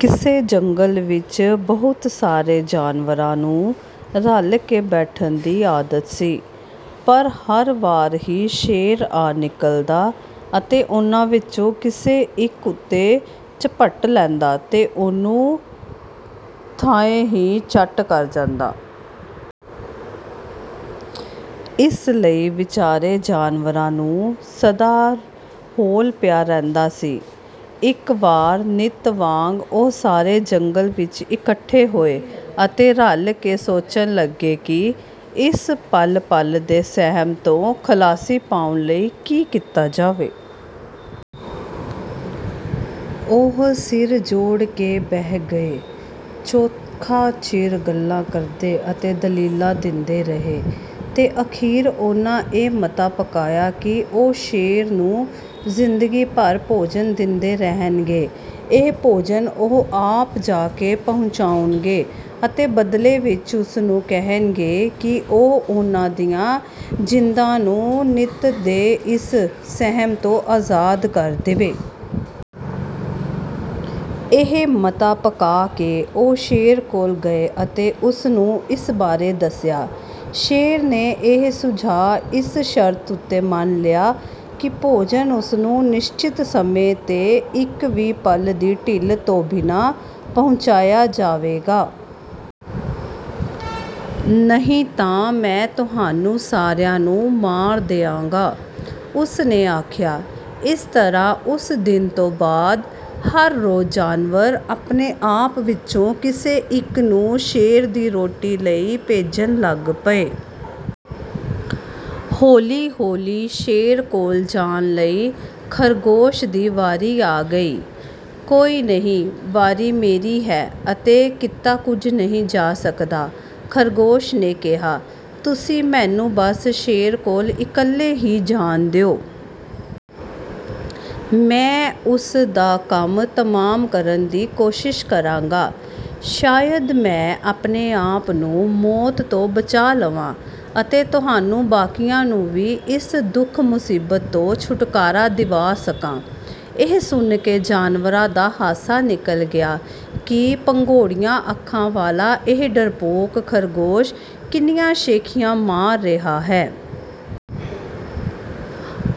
ਕਿਸੇ ਜੰਗਲ ਵਿੱਚ ਬਹੁਤ ਸਾਰੇ ਜਾਨਵਰਾਂ ਨੂੰ ਰਲ ਕੇ ਬੈਠਣ ਦੀ ਆਦਤ ਸੀ, ਪਰ ਹਰ ਵਾਰ ਹੀ ਸ਼ੇਰ ਆ ਨਿਕਲਦਾ ਅਤੇ ਉਹਨਾਂ ਵਿੱਚੋਂ ਕਿਸੇ ਇੱਕ ਉੱਤੇ ਝਪਟ ਪੈਂਦਾ ਤੇ ਉਹਨੂੰ ਥਾਂਏਂ ਹੀ ਚੱਟ ਕਰ ਜਾਂਦਾ। ਇਸ ਲਈ ਵਿਚਾਰੇ ਜਾਨਵਰਾਂ ਨੂੰ ਸਦਾ ਹੌਲ ਪਿਆ ਰਹਿੰਦਾ ਸੀ। ਇੱਕ ਵਾਰ ਨਿੱਤ ਵਾਂਗ ਉਹ ਸਾਰੇ ਜੰਗਲ ਵਿੱਚ ਇਕੱਠੇ ਹੋਏ ਅਤੇ ਰਲ ਕੇ ਸੋਚਣ ਲੱਗੇ ਕਿ ਇਸ ਪਲ-ਪਲ ਦੇ ਸਹਿਮ ਤੋਂ ਖ਼ਲਾਸੀ ਪਾਉਣ ਲਈ ਕੀ ਕੀਤਾ ਜਾਵੇ। ਉਹ ਸਿਰ ਜੋੜ ਕੇ ਬਹਿ ਗਏ, ਚੋਖਾ ਚਿਰ ਗੱਲਾਂ ਕਰਦੇ ਅਤੇ ਦਲੀਲਾਂ ਦਿੰਦੇ ਰਹੇ, ਤੇ ਅਖ਼ੀਰ ਉਹਨਾਂ ਇਹ ਮਤਾ ਪਕਾਇਆ ਕਿ ਉਹ ਸ਼ੇਰ ਨੂੰ ਜ਼ਿੰਦਗੀ ਭਰ ਭੋਜਨ ਦਿੰਦੇ ਰਹਿਣਗੇ। ਇਹ ਭੋਜਨ ਉਹ ਆਪ ਜਾ ਕੇ ਪਹੁੰਚਾਉਣਗੇ ਅਤੇ ਬਦਲੇ ਵਿੱਚ ਉਸ ਨੂੰ ਕਹਿਣਗੇ ਕਿ ਉਹ ਉਹਨਾਂ ਦੀਆਂ ਜਿੰਦਾਂ ਨੂੰ ਨਿੱਤ ਦੇ ਇਸ ਸਹਿਮ ਤੋਂ ਆਜ਼ਾਦ ਕਰ ਦੇਵੇ। ਇਹ ਮਤਾ ਪਕਾ ਕੇ ਉਹ ਸ਼ੇਰ ਕੋਲ ਗਏ ਅਤੇ ਉਸ ਨੂੰ ਇਸ ਬਾਰੇ ਦੱਸਿਆ। ਸ਼ੇਰ ਨੇ ਇਹ ਸੁਝਾਅ ਇਸ ਸ਼ਰਤ ਉੱਤੇ ਮੰਨ ਲਿਆ ਕਿ ਭੋਜਨ ਉਸ ਨੂੰ ਨਿਸ਼ਚਿਤ ਸਮੇਂ 'ਤੇ, ਇੱਕ ਵੀ ਪਲ ਦੀ ਢਿੱਲ ਤੋਂ ਬਿਨਾਂ ਪਹੁੰਚਾਇਆ ਜਾਵੇਗਾ। "ਨਹੀਂ ਤਾਂ ਮੈਂ ਤੁਹਾਨੂੰ ਸਾਰਿਆਂ ਨੂੰ ਮਾਰ ਦਿਆਂਗਾ!" ਉਸ ਨੇ ਆਖਿਆ। ਇਸ ਤਰ੍ਹਾਂ, ਉਸ ਦਿਨ ਤੋਂ ਬਾਅਦ ਹਰ ਰੋਜ਼ ਜਾਨਵਰ ਆਪਣੇ ਆਪ ਵਿੱਚੋਂ ਕਿਸੇ ਇੱਕ ਨੂੰ ਸ਼ੇਰ ਦੀ ਰੋਟੀ ਲਈ ਭੇਜਣ ਲੱਗ ਪਏ। ਹੌਲੀ-ਹੌਲੀ ਸ਼ੇਰ ਕੋਲ ਜਾਣ ਲਈ ਖ਼ਰਗੋਸ਼ ਦੀ ਵਾਰੀ ਆ ਗਈ। "ਕੋਈ ਨਹੀਂ, ਵਾਰੀ ਮੇਰੀ ਹੈ ਅਤੇ ਕੀਤਾ ਕੁਝ ਨਹੀਂ ਜਾ ਸਕਦਾ," ਖ਼ਰਗੋਸ਼ ਨੇ ਕਿਹਾ, "ਤੁਸੀਂ ਮੈਨੂੰ ਬਸ ਸ਼ੇਰ ਕੋਲ ਇਕੱਲੇ ਹੀ ਜਾਣ ਦਿਓ। ਮੈਂ ਉਸ ਦਾ ਕੰਮ ਤਮਾਮ ਕਰਨ ਦੀ ਕੋਸ਼ਿਸ਼ ਕਰਾਂਗਾ। ਸ਼ਾਇਦ ਮੈਂ ਆਪਣੇ ਆਪ ਨੂੰ ਮੌਤ ਤੋਂ ਬਚਾ ਲਵਾਂ ਅਤੇ ਤੁਹਾਨੂੰ ਬਾਕੀਆਂ ਨੂੰ ਵੀ ਇਸ ਦੁੱਖ-ਮੁਸੀਬਤ ਤੋਂ ਛੁਟਕਾਰਾ ਦਿਵਾ ਸਕਾਂ।" ਇਹ ਸੁਣ ਕੇ ਜਾਨਵਰਾਂ ਦਾ ਹਾਸਾ ਨਿਕਲ ਗਿਆ ਕਿ ਭੰਗੋੜੀਆਂ ਅੱਖਾਂ ਵਾਲਾ ਇਹ ਡਰਪੋਕ ਖ਼ਰਗੋਸ਼ ਕਿੰਨੀਆਂ ਸ਼ੇਖ਼ੀਆਂ ਮਾਰ ਰਿਹਾ ਹੈ!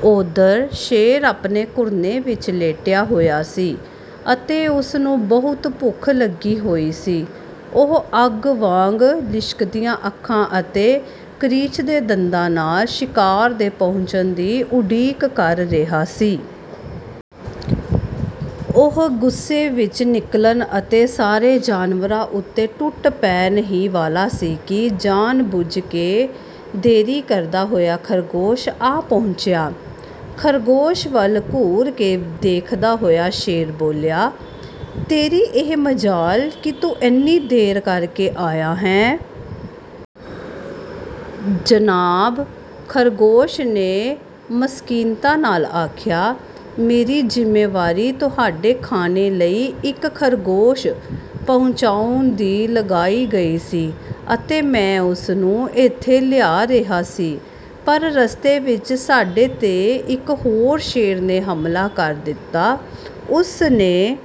ਉਧਰ ਸ਼ੇਰ ਆਪਣੇ ਘੁਰਨੇ ਵਿੱਚ ਲੇਟਿਆ ਹੋਇਆ ਸੀ ਅਤੇ ਉਸ ਨੂੰ ਬਹੁਤ ਭੁੱਖ ਲੱਗੀ ਹੋਈ ਸੀ। ਉਹ ਅੱਗ ਵਾਂਗ ਲਿਸ਼ਕਦੀਆਂ ਅੱਖਾਂ ਅਤੇ ਕਰੀਚਦੇ ਦੰਦਾਂ ਨਾਲ ਸ਼ਿਕਾਰ ਦੇ ਪਹੁੰਚਣ ਦੀ ਉਡੀਕ ਕਰ ਰਿਹਾ ਸੀ। ਉਹ ਗੁੱਸੇ ਵਿੱਚ ਨਿਕਲਣ ਅਤੇ ਸਾਰੇ ਜਾਨਵਰਾਂ ਉੱਤੇ ਟੁੱਟ ਪੈਣ ਹੀ ਵਾਲਾ ਸੀ ਕਿ ਜਾਣ-ਬੁੱਝ ਕੇ ਦੇਰੀ ਕਰਦਾ ਹੋਇਆ ਖ਼ਰਗੋਸ਼ ਆ ਪਹੁੰਚਿਆ। ਖ਼ਰਗੋਸ਼ ਵੱਲ ਘੂਰ ਕੇ ਦੇਖਦਾ ਹੋਇਆ ਸ਼ੇਰ ਬੋਲਿਆ, "ਤੇਰੀ ਇਹ ਮਜਾਲ ਕਿ ਤੂੰ ਇੰਨੀ ਦੇਰ ਕਰ ਕੇ ਆਇਆ ਹੈਂ!" "ਜਨਾਬ," ਖ਼ਰਗੋਸ਼ ਨੇ ਮਸਕੀਨਤਾ ਨਾਲ ਆਖਿਆ, "ਮੇਰੀ ਜ਼ਿੰਮੇਵਾਰੀ ਤੁਹਾਡੇ ਖਾਣੇ ਲਈ ਇੱਕ ਖ਼ਰਗੋਸ਼ ਪਹੁੰਚਾਉਣ ਦੀ ਲਗਾਈ ਗਈ ਸੀ ਅਤੇ ਮੈਂ ਉਸ ਨੂੰ ਇੱਥੇ ਲਿਆ ਰਿਹਾ ਸੀ। ਪਰ ਰਸਤੇ ਵਿੱਚ ਸਾਡੇ 'ਤੇ ਇੱਕ ਹੋਰ ਸ਼ੇਰ ਨੇ ਹਮਲਾ ਕਰ ਦਿੱਤਾ, ਉਸ ਨੇ